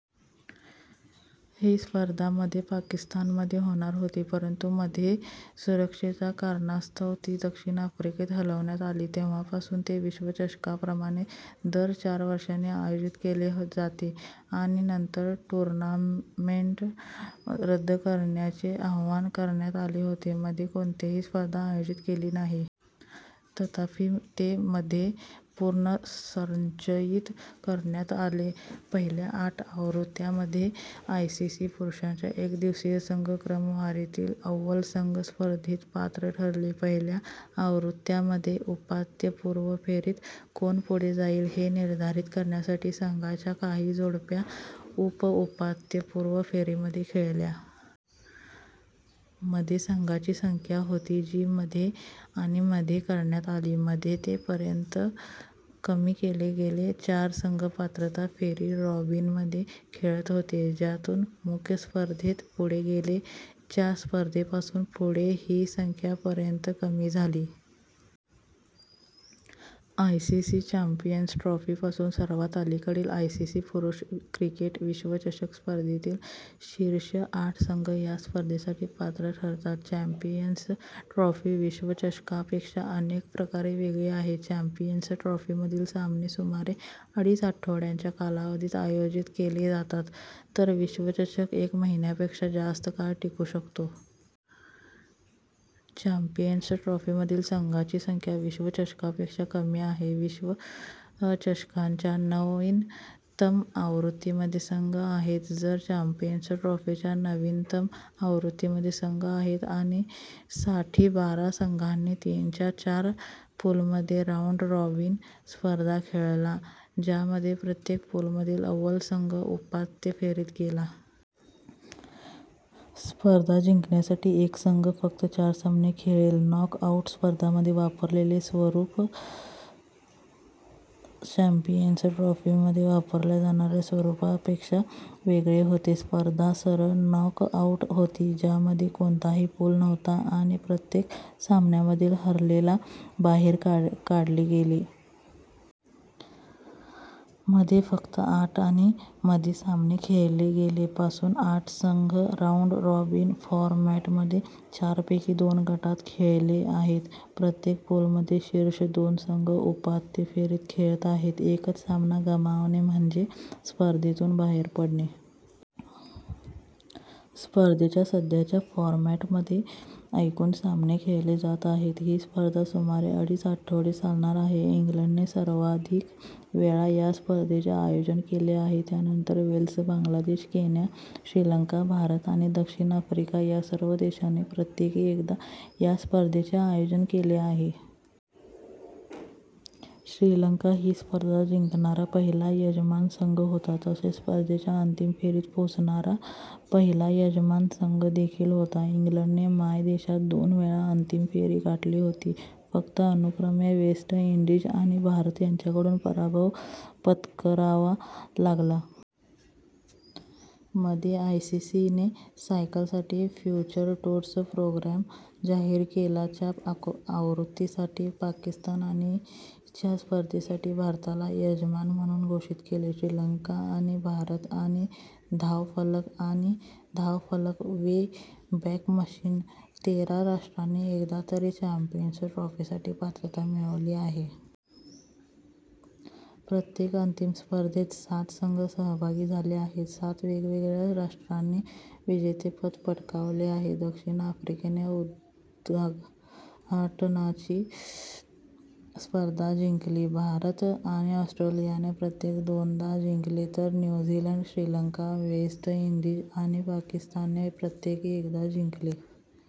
ही स्पर्धा मध्ये पाकिस्तानमध्ये होणार होती परंतु मध्ये सुरक्षेच्या कारणास्तव ती दक्षिण आफ्रिकेत हलवण्यात आली. तेव्हापासून ते विश्वचषकाप्रमाणे दर चार वर्षांनी आयोजित केले जाते. आणि नंतर टूर्नामेंट रद्द करण्याचे आवाहन करण्यात आले होते, मध्ये कोणतीही स्पर्धा आयोजित केली नाही. तथापि, ते मध्ये पुनर्संचयित करण्यात आले. पहिल्या आठ आवृत्त्यांमध्ये, आयसीसी पुरुषांच्या एकदिवसीय संघ क्रमवारीतील अव्वल संघ स्पर्धेत पात्र ठरले. पहिल्या आवृत्त्यांमध्ये, उपांत्यपूर्व फेरीत कोण पुढे जाईल हे निर्धारित करण्यासाठी संघांच्या काही जोड्या उप-उपांत्यपूर्व फेरीमध्ये खेळल्या. मध्ये संघांची संख्या होती, जी मध्ये आणि मध्ये करण्यात आली. मध्ये, ते पर्यंत कमी केले गेले, चार संघ पात्रता फेरी-रॉबिनमध्ये खेळत होते ज्यातून मुख्य स्पर्धेत पुढे गेले. च्या स्पर्धेपासून पुढे ही संख्या पर्यंत कमी झाली. आयसीसी चॅम्पियन्स ट्रॉफी पासून, सर्वात अलीकडील आयसीसी पुरुष क्रिकेट विश्वचषक स्पर्धेतील शीर्ष आठ संघ या स्पर्धेसाठी पात्र ठरतात. चॅम्पियन्स ट्रॉफी विश्वचषकापेक्षा अनेक प्रकारे वेगळी आहे. चॅम्पियन्स ट्रॉफीमधील सामने सुमारे अडीच आठवड्यांच्या कालावधीत आयोजित केले जातात, तर विश्वचषक एक महिन्यापेक्षा जास्त काळ टिकू शकतो. चॅम्पियन्स ट्रॉफीमधील संघांची संख्या विश्वचषकापेक्षा कमी आहे, विश्वचषकाच्या नवीनतम आवृत्तीमध्ये संघ आहेत तर चॅम्पियन्स ट्रॉफीच्या नवीनतम आवृत्तीमध्ये संघ आहेत. आणि साठी, बारा संघांनी तीनच्या चार पूलमध्ये राऊंड-रॉबिन स्पर्धा खेळला, ज्यामध्ये प्रत्येक पूलमधील अव्वल संघ उपांत्य फेरीत गेला. स्पर्धा जिंकण्यासाठी एक संघ फक्त चार सामने खेळेल. नॉक आउट स्पर्धांमध्ये वापरलेले स्वरूप चॅम्पियन्स ट्रॉफीमध्ये वापरल्या जाणाऱ्या स्वरूपापेक्षा वेगळे होते. स्पर्धा सरळ नॉकआउट होती, ज्यामध्ये कोणताही पूल नव्हता आणि प्रत्येक सामन्यामधील हरलेल्याला बाहेर काढले गेले. मध्ये फक्त आठ आणि मध्ये सामने खेळले गेले. पासून, आठ संघ राऊंड-रॉबिन फॉरमॅटमध्ये चारपैकी दोन गटात खेळले आहेत, प्रत्येक पूलमधील शीर्ष दोन संघ उपांत्य फेरीत खेळत आहेत. एकच सामना गमावणे म्हणजे स्पर्धेतून बाहेर पडणे. स्पर्धेच्या सध्याच्या फॉरमॅटमध्ये एकूण सामने खेळले जात आहेत, ही स्पर्धा सुमारे अडीच आठवडे चालणार आहे. इंग्लंडने सर्वाधिक वेळा या स्पर्धेचे आयोजन केले आहे त्यानंतर वेल्स. बांगलादेश, केन्या, श्रीलंका, भारत आणि दक्षिण आफ्रिका या सर्व देशांनी प्रत्येकी एकदा या स्पर्धेचे आयोजन केले आहे. श्रीलंका ही स्पर्धा जिंकणारा पहिला यजमान संघ होता, तसेच स्पर्धेच्या अंतिम फेरीत पोहोचणारा पहिला यजमान संघ देखील होता. इंग्लंडने मायदेशात दोन वेळा अंतिम फेरी गाठली होती, फक्त अनुक्रमे वेस्ट इंडीज आणि भारत यांच्याकडून पराभव पत्करावा लागला. मध्ये; आयसीसीने सायकलसाठी फ्युचर टूर्स प्रोग्राम जाहीर केला, च्या आवृत्तीसाठी पाकिस्तान आणि च्या स्पर्धेसाठी भारताला यजमान म्हणून घोषित केले. श्रीलंका / आणि / भारत / आणि / धावफलक आणि धावफलक वेबॅक मशीन. तेरा राष्ट्रांनी एकदा तरी चॅम्पियन्स ट्रॉफीसाठी पात्रता मिळवली आहे. प्रत्येक अंतिम स्पर्धेत सात संघ सहभागी झाले आहेत. सात वेगवेगळ्या राष्ट्रांनी विजेतेपद पटकावले आहे. दक्षिण आफ्रिकेने उद्घाटनाची स्पर्धा जिंकली, भारत आणि ऑस्ट्रेलियाने प्रत्येकी दोनदा जिंकले, तर New Zealand, Sri Lanka, West Indies आणि पाकिस्तानने प्रत्येकी एकदा जिंकले.